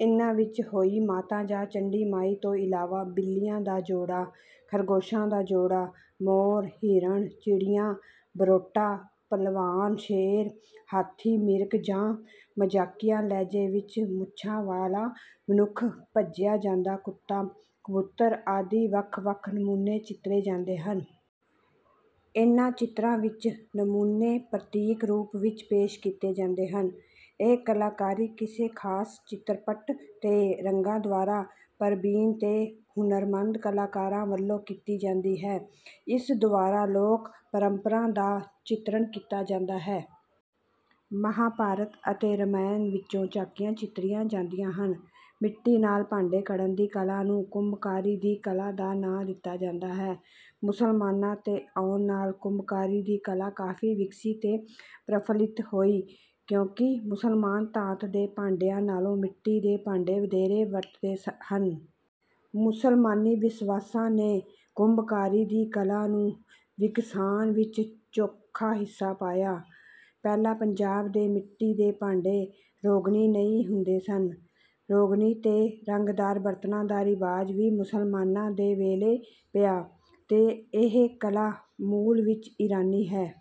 ਇਨ੍ਹਾਂ ਵਿੱਚ ਹੋਈ ਮਾਤਾ ਜਾਂ ਚੰਡੀ ਮਾਈ ਤੋਂ ਇਲਾਵਾ ਬਿੱਲੀਆਂ ਦਾ ਜੋੜਾਂ, ਖ਼ਰਗੋਸ਼ਾਂ ਦਾ ਜੋੜਾਂ, ਮੋਰ, ਹਿਰਨ, ਚਿੜੀਆਂ, ਬਰੋਟਾ, ਭਲਵਾਨ, ਸ਼ੇਰ, ਹਾਥੀ, ਮਿਰਗ ਜਾਂ ਮਜ਼ਾਕੀਆ ਲਹਿਜੇ ਵਿੱਚ ਮੁੱਛਾਂ ਵਾਲਾ ਮਨੁੱਖ, ਭੱਜਿਆ ਜਾਂਦਾ ਕੁੱਤਾ, ਕਬੂਤਰ ਆਦਿ ਵੱਖ ਵੱਖ ਨਮੂਨੇ ਚਿੱਤਰੇ ਜਾਂਦੇ ਹਨ। ਇਨ੍ਹਾਂ ਚਿੱਤਰਾਂ ਵਿੱਚ ਨਮੂਨੇ ਪ੍ਰਤੀਕ ਰੂਪ ਵਿੱਚ ਪੇਸ਼ ਕੀਤੇ ਜਾਂਦੇ ਹਨ। ਇਹ ਕਲਾਕਾਰੀ ਕਿਸੇ ਖਾਸ ਚਿੱਤਰਪਟ ਤੇ ਰੰਗਾਂ ਦੁਆਰਾ ਪਰਬੀਨ ਤੇ ਹੁਨਰਮੰਦ ਕਲਾਕਾਰਾਂ ਵਲੋਂ ਕੀਤੀ ਜਾਂਦੀ ਹੈ। ਇਸ ਦੁਆਰਾ ਲੋਕ ਪਰੰਪਰਾਂ ਦਾ ਚਿੱਤਰਨ ਕੀਤਾ ਜਾਂਦਾ ਹੈ। ਮਹਾਂਭਾਰਤ ਅਤੇ ਰਮਾਇਣ ਵਿੱਚੋਂ ਝਾਕੀਆਂ ਚਿੱਤਰੀਆਂ ਜਾਂਦੀਆਂ ਹਨ। ਮਿੱਟੀ ਨਾਲ ਭਾਂਡੇ ਘੜਨ ਦੀ ਕਲਾ ਨੂੰ ਕੁੰਭਕਾਰੀ ਦੀ ਕਲਾ ਦਾ ਨਾਂ ਦਿੱਤਾ ਜਾਂਦਾ ਹੈ, ਮੁਸਲਮਾਨਾ ਤੇ ਆਉਣ ਨਾਲ ਕੁੰਭਕਾਰੀ ਦੀ ਕਲਾ ਕਾਫੀ ਵਿਗਸੀ ਤੇ ਪ੍ਰਫੁੱਲਿਤ ਹੋਈ ਕਿਉਂਕਿ ਮੁਸਲਮਾਨ ਧਾਤ ਦੇ ਭਾਂਡਿਆਂ ਨਾਲੋਂ ਮਿੱਟੀ ਦੇ ਭਾਂਡੇ ਵਧੇਰੇ ਵਰਤਦੇ ਹਨ। ਮੁਸਲਮਾਨੀ ਵਿਸ਼ਵਾਸਾਂ ਨੇ ਕੁੰਭਕਾਰੀ ਦੀ ਕਲਾ ਨੂੰ ਵਿਗਸਾਣ ਵਿੱਚ ਚੌਖਾ ਹਿੱਸਾ ਪਾਇਆ। ਪਹਿਲਾਂ ਪੰਜਾਬ ਦੇ ਮਿੱਟੀ ਦੇ ਭਾਂਡੇ ਰੋਗਨੀ ਨਹੀਂ ਹੁੰਦੇ ਸਨ। ਰੋਗਨੀ ਤੇ ਰੰਗਦਾਰ ਬਰਤਨਾਂ ਦਾ ਰਿਵਾਜ ਵੀ ਮੁਸਲਮਾਨਾਂ ਦੇ ਵੇਲੇ ਪਿਆ ਤੇ ਇਹ ਕਲਾ ਮੂਲ ਵਿੱਚ ਈਰਾਨੀ ਹੈ।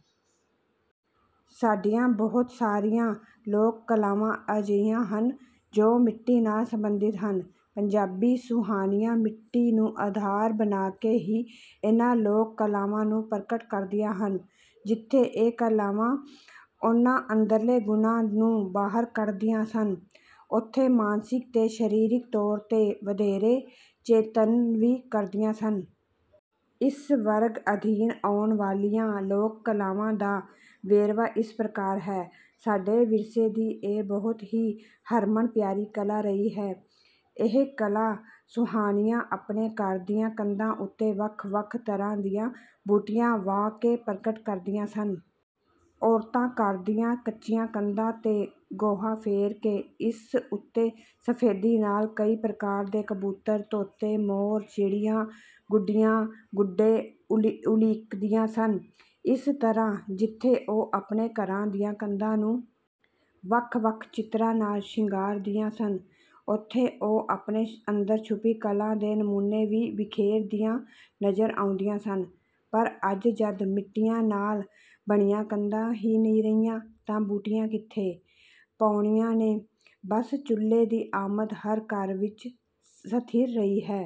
ਸਾਡੀਆਂ ਬਹੁਤ ਸਾਰੀਆਂ ਲੋਕ-ਕਲਾਵਾਂ ਅਜਿਹੀਆਂ ਹਨ, ਜੋ ਮਿੱਟੀ ਨਾਲ ਸੰਬੰਧਿਤ ਹਨ। ਪੰਜਾਬੀ ਸੁਆਣੀਆਂ ਮਿੱਟੀ ਨੂੰ ਆਧਾਰ ਬਣਾ ਕੇ ਹੀ ਇਨ੍ਹਾਂ ਲੋਕ-ਕਲਾਵਾਂ ਨੂੰ ਪ੍ਰਗਟ ਕਰਦੀਆਂ ਹਨ। ਜਿੱਥੇ ਇਹ ਕਲਾਵਾਂ ਉਨ੍ਹਾਂ ਅੰਦਰਲੇ ਗੁਣਾਂ ਨੂੰ ਬਾਹਰ ਕੱਢਦੀਆਂ ਸਨ, ਉੱਥੇ ਮਾਨਸਿਕ ਤੇ ਸਰੀਰਕ ਤੌਰ ਤੇ ਵਧੇਰੇ ਚੇਤੰਨ ਵੀ ਕਰਦੀਆਂ ਸਨ। ਇਸ ਵਰਗ ਅਧੀਨ ਆਉਣ ਵਾਲੀਆਂ ਲੋਕ ਕਲਾਵਾਂ ਦਾ ਵੇਰਵਾ ਇਸ ਪ੍ਰਕਾਰ ਹੈ ਸਾਡੇ ਵਿਰਸੇ ਦੀ ਇਹ ਬਹੁਤ ਹੀ ਹਰਮਨ ਪਿਆਰੀ ਕਲਾ ਰਹੀ ਹੈ। ਇਹ ਕਲਾ ਸੁਆਣੀਆਂ ਆਪਣੇ ਘਰ ਦੀਆਂ ਕੰਧਾਂ ਉੱਤੇ ਵੱਖ-ਵੱਖ ਤਰ੍ਹਾਂ ਦੀਆਂ ਬੂਟੀਆਂ ਵਾਹ ਕੇ ਪ੍ਰਗਟ ਕਰਦੀਆਂ ਸਨ। ਔਰਤਾਂ ਘਰ ਦੀਆਂ ਕੱਚੀਆਂ ਕੰਧਾਂ ਤੇ ਗੋਹਾ ਫੇਰ ਕੇ ਇਸ ਉੱਤੇ ਸਫ਼ੈਦੀ ਨਾਲ ਕਈ ਪ੍ਰਕਾਰ ਦੇ ਕਬੂਤਰ, ਤੋਤੇ, ਮੋਰ, ਚਿੜੀਆਂ, ਗੁੱਡੀਆਂ, ਗੁੱਡੇ ਉਲ੍ਹੀਕਦੀਆਂ ਸਨ। ਇਸ ਤਰ੍ਹਾ ਜਿੱਥੇ ਉਹ ਆਪਣੇ ਘਰਾਂ ਦੀਆਂ ਕੰਧਾਂ ਨੂੰ ਵੱਖ-ਵੱਖ ਚਿੱਤਰਾਂ ਨਾਲ ਸ਼ਿੰਗਾਰ ਦੀਆ ਸਨ, ਉਥੇ ਉਹ ਆਪਣੇ ਅੰਦਰ ਛੁਪੀ ਕਲਾ ਦੇ ਨਮੂਨੇ ਵੀ ਬਿਖੇਰ ਦੀਆ ਨਜ਼ਰ ਆਉਂਦੀਆ ਸਨ, ਪਰ ਅੱਜ ਜਦ ਮਿੱਟੀਆਂ ਨਾਲ ਬਣੀਆਂ ਕੰਧਾਂ ਹੀ ਨਹੀਂ ਰਹੀਆਂ, ਤਾਂ ਬੂਟੀਆਂ ਕਿੱਥੇ ਪਾਊਣੀਆ ਨੇ ਬਸ ਚੁੱਲੇ ਦੀ ਆਮਦ ਹਰ ਘਰ ਵਿਚ ਸਥਿਰ ਰਹੀ ਹੈ।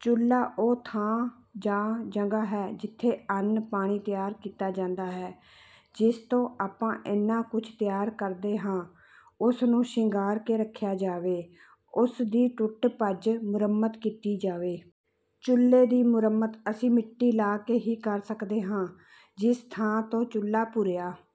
ਚੁੱਲ੍ਹਾ ਉਹ ਥਾਂ ਜਾਂ ਜਗ੍ਹਾਂ ਹੈ, ਜਿੱਥੇ ਅੰਨ, ਪਾਣੀ ਤਿਆਰ ਕੀਤਾ ਜਾਂਦਾ ਹੈ। ਜਿਸ ਤੇ ਆਪਾਂ ਏਨਾ ਕੁਝ ਤਿਆਰ ਕਰਦੇ ਹਾਂ ਉਸ ਨੂੰ ਸ਼ਿੰਗਾਰ ਕੇ ਰੱਖਿਆ ਜਾਵੇ। ਉਸ ਦੀ ਟੁੱਟ-ਭੱਜ ਮੁਰੰਮਤ ਕੀਤੀ ਜਾਵੇ। ਚੁੱਲ੍ਹੇ ਦੀ ਮੁਰੰਮਤ ਅਸੀਂ ਮਿੱਟੀ ਲਾ ਕੇ ਹੀ ਕਰ ਸਕਦੇ ਹਾਂ। ਜਿਸ ਥਾਂ ਤੋਂ ਚੁੱਲ੍ਹਾਂ ਭੁਰਿਆ